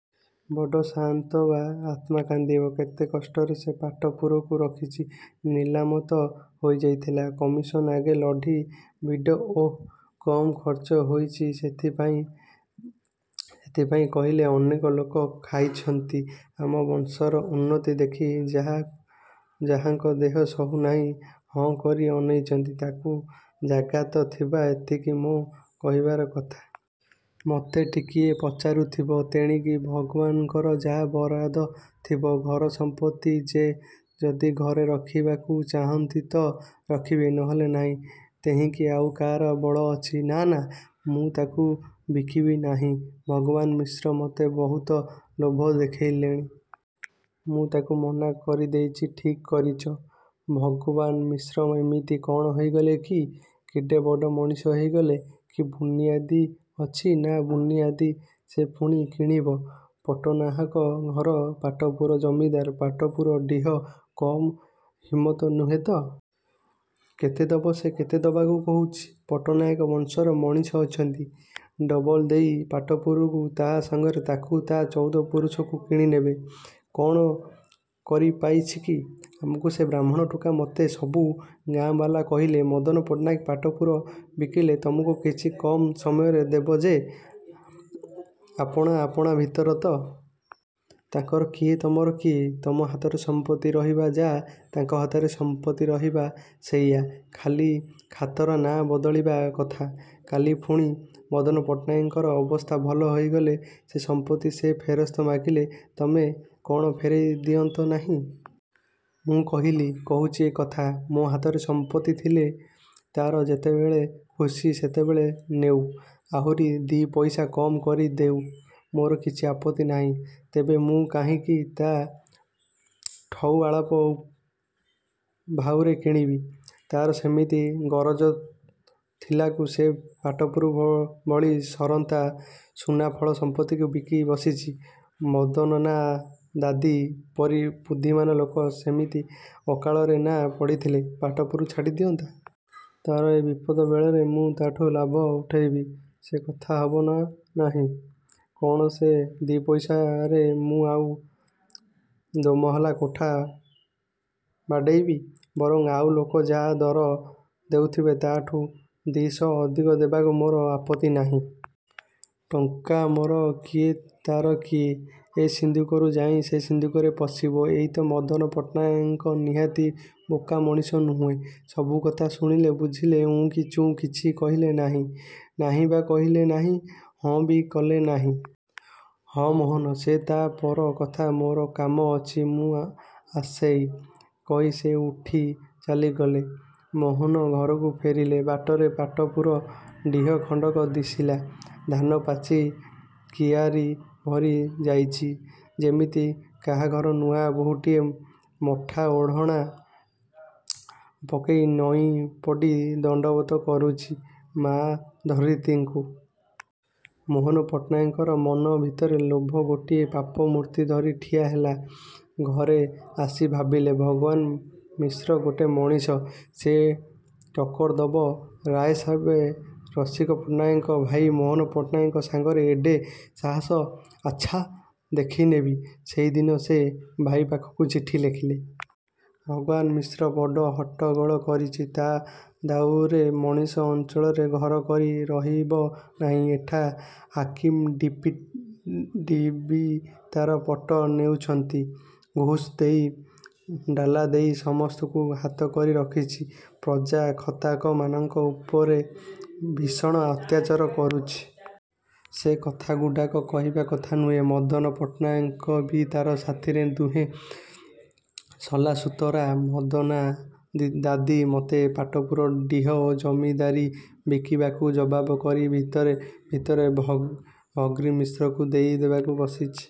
ବଡ଼ ସାଆନ୍ତବା ଆତ୍ମା କାନ୍ଦିବ। କେତେ କଷ୍ଟରେ ସେ ପାଟପୁରକୁ ରଖିଚି। ନିଲାମ ତ ହେଇଯାଇଥିଲା। କମିଶନ୍ ଆଗେ ଲଢ଼ି, ଭିଡ଼ି–ଓଃ କମ୍ ଖରଚ ହେଇଚି ସେଥିପାଇଁ? ସେଥିପାଇଁ କହିଲି, ଅନେକ ଲୋକ ଆଖେଇଛନ୍ତି–ଆମ ବଂଶର ଉନ୍ମତ୍ତ ଦେଖି ଯାହାଙ୍କ ଦେହ ସହୁ ନାହିଁ–ହାଁ କରି ଅନେଇଚନ୍ତି–ତାଙ୍କୁ ଜାଗତା ଥିବ; ଏତିକି ମୋ କହିବାର କଥା। ମୋତେ ଟିକିଏ ପଚାରୁଥିବ-। ତେଣିକି ଭଗବାନ୍ଙ୍କର ଯାହା ବରାଦ ଥିବ। ଘର ସମ୍ପତ୍ତି, ସେ ଯଦି ଘରେ ରଖିବାକୁ ଚାହାଁନ୍ତି ତ ରଖିବେ–ନହେଲେ ନାହିଁ–ତହିଁକି ଆଉ କା'ର ବଳ ଅଛି? '' ''ନା–ନା ମୁଁ ତାକୁ ବିକିବି ନାହିଁ। ଭଗବାନ ମିଶ୍ର। ମୋତେ ବହୁତ ଲୋଭ ଦେଖେଇଲାଣି। ମୁଁ ତାକୁ ମନା କରି ଦେଇଛି। '' ''ଠିକ୍ କରିଚ, ଭଗବାନ ମିଶ୍ର ଇମିତି କ'ଣ ହେଇଗଲା କି? କେଡ଼େ ବଡ଼ ମଣିଷ ହେଇଗଲା କି? ବୁନିଆଦି ଅଛି, ନା ବୁନିଆଦି? ସେ ପୁଣି କିଣିବ ପଟ୍ଟନାହାକ ଘର ପାଟପୁର ଜମିଦାରୀ ପାଟପୁର ଡିହ? କମ୍ ହିମତ ନୁହେଁ ତ? କେତେ ଦବ ସେ କେତେ ଦବାକୁ କହୁଛି? ପଟ୍ଟନାହାକ ବଂଶରେ ମଣିଷ ଅଛନ୍ତି, ତା' ଡବଲ ଦେଇ ପାଟପୁରକୁ ତାହା ସାଙ୍ଗରେ ତାକୁ ତା' ଚଉଦପୁରୁଷକୁ କିଣିନେବେ। କ'ଣ କରିପାଇଛି କି ଆମକୁ ସେ ବାହ୍ମୁଣ ଟୋକା। ମୋତେ ସବୁ ଗାଁବାଲା କହିଲେ ମଦନ ପଟ୍ଟନାୟକ ପାଟପୁର ବିକିଲେ, ତମକୁ କିଛି କମ୍ ସମରେ ଦବ ଯେ ଆପଣା ଆପଣା ଭିତରେ ତ! ତାଙ୍କର କିଏ–ତମର କିଏ? ତମ ହାତରେ ସମ୍ପତ୍ତି ରହିବା ଯାହା, ତାଙ୍କ ହାତରେ ସମ୍ପତ୍ତି ରହିବା ସେଇୟା। ଖାଲି ଖାତାରେ ନାଆଁ ବଦଳିବା କଥା। କାଲି ପୁଣି ମଦନ ପଟ୍ଟନାୟକର ଅବସ୍ଥା ଭଲ ହେଇଗଲେ ସେ ସମ୍ପତ୍ତି ସେ ଫେରସ୍ତ ମାଗିଲେ ତମେ କ'ଣ ଫେରେଇ ଦିଅନ୍ତ ନାହିଁ? ମୁଁ କହିଲି–କହୁଛ ଏ କଥା! ମୋ ହାତରେ ସମ୍ପତ୍ତି ଥିଲେ ତା'ର ଯେତେବେଳେ ଖୁସି ସେତେବେଳେ ନେଉ–ଆହୁରି ଦି' ପଇସା କମ୍ କରି ଦେଉ। ମୋର କିଛି ଆପତ୍ତି ନାହିଁ। ତେବେ ମୁଁ କାହିଁକି ତା'ଠଉ ଅଳପ ଭାଉରେ କିଣିବି! ତା'ର ସେମିତି ଗରଜ ଥିଲାକୁ ସେ ପାଟପୁର ଭଳି ସେରନ୍ତା ସୁନାଫଳା ସମ୍ପତ୍ତିକୁ ବିକି ବସିଚି–ମଦନାଦାଦି ପରି ବୁଦ୍ଧିମାନ୍ ଲୋକ ସେମିତି ଅକାଳରେ ନ ପଡ଼ିଥିଲେ ପାଟପୁର ଛାଡ଼ି ଦିଅନ୍ତା? ତା'ର ଏ ବିପଦ ବେଳରେ ମୁଁ ତା'ଠୁ ଲାଭ ଉଠେଇବି! ସେ କଥା ହବ ନାହିଁ। କ'ଣ ସେ ଦିପଇସାରେ ମୁଁ ଆଉ ଦୋମହଲା କୋଠା ବାଡ଼େଇବି? ବରଂ ଆଉ ଲୋକେ ଯାହା ଦର ଦେଉଥିବେ ତା'ଠୁ ଦିଶହ ଅଧିକ ଦେବାକୁ ମୋର ଆପତ୍ତି ନାହିଁ। ଟଙ୍କା ମୋର କିଏ ତା'ର କିଏ? ଏ ସିନ୍ଦୁକରୁ ଯାଇ ସେ ସିନ୍ଦୁକରେ ପଶିବ-। ଏଇ ତ! '' ମଦନ ପଟ୍ଟନାୟକ ନିହାତି ବୋକା ମଣିଷ ନୁହନ୍ତି। ସବୁକଥା ଶୁଣିଲେ, ବୁଝିଲେ, ଉଁ କି ଚୁଁ କିଛି କହିଲେ ନାହିଁ। ନାହିଁବି କଲେ ନାହିଁ–ହଁବି କଲେ ନାହିଁ। ''ହଁ ମୋହନ ସେ ତ ପର କଥା। ମୋର କାମ ଅଛି ମୁଁ ଆସେଇ। '' କହି ସେ ଉଠି ଚାଲିଗଲେ। ମୋହନ ଘରକୁ ଫେରିଲେ। ବାଟରେ ପାଟପୁର ଡିହ ଖଣ୍ଡକ ଦିଶିଲା। ଧାନପାଚି କିଆରି ଭରି ଯାଇଚି। ଯେମିତି କାହାଘର ନୂଆ ବହୂଟିଏ ମଠା ଓଢ଼ଣା ପକେଇ ନଇଁ ପଡ଼ି ଦଣ୍ଡବତ କରୁଚି ମା ଧରତୀଙ୍କୁ। ମୋହନ ପଟ୍ଟନାୟକର ମନ ଭିତରେ ଲୋଭ ଗୋଟାଏ ପାପ ମୂର୍ତ୍ତି ଧରି ଠିଆ ହେଲା। ଘରେ ଆସି ଭାବିଲେ–ଭଗବାନମିଶ୍ର ଗୋଟେ ମଣିଷ, ସେ ଟକ୍କର ଦବ ରାୟସାହେବ ରସିକପଟ୍ଟନାୟକ ଭାଇ ମୋହନ ପଟ୍ଟନାୟକ ସାଙ୍ଗରେ? ଏଡ଼େ ସାହସ? ଆଚ୍ଛା ଦେଖିନେବି। ସେଇ ଦିନ ସେ ଭାଇ ପାଖକୁ ଚିଠି ଲେଖିଲେ। ଭଗବାନ ମିଶ୍ର ବଡ଼ ହଟ୍ଟଗୋଳ କରୁଚି, ତା' ଦାଉରେ ମଣିଷ ଏ ଅଞ୍ଚଳରେ ଘର କରି ରହିବ ନାହିଁ। ଏଠା ହାକିମ ଡିପଟିବି ତା'ର ପଟ ନେଉଛନ୍ତି। ଘୁଷ୍ ଦେଇ, ଡାଲା ଦେଇ ସମସ୍ତକୁ ହାତ କରି ରଖିଛି। ପ୍ରଜା ଖାତକମାନଙ୍କ ଉପରେ ଭୀଷଣ ଅତ୍ୟାଚାର କରୁଛି। ସେ କଥାଗୁଡ଼ାକ କହିବା କଥା ନୁହେଁ। ମଦନ ପଟ୍ଟନାୟକବି ତା'ରି ସାଥିରେ–ଦୁହେଁ ସଲାସୁତରା। ମଦନାଦାଦି ମୋତେ ପାଟପୁର ଡିହ ଓ ଜମିଦାରୀ ବିକିବାକୁ ଜବାବ କରି ଭିତରେ ଭିତରେ ଭଗିମିଶ୍ରକୁ ଦେଇ ଦେବାକୁ ବସିଛି।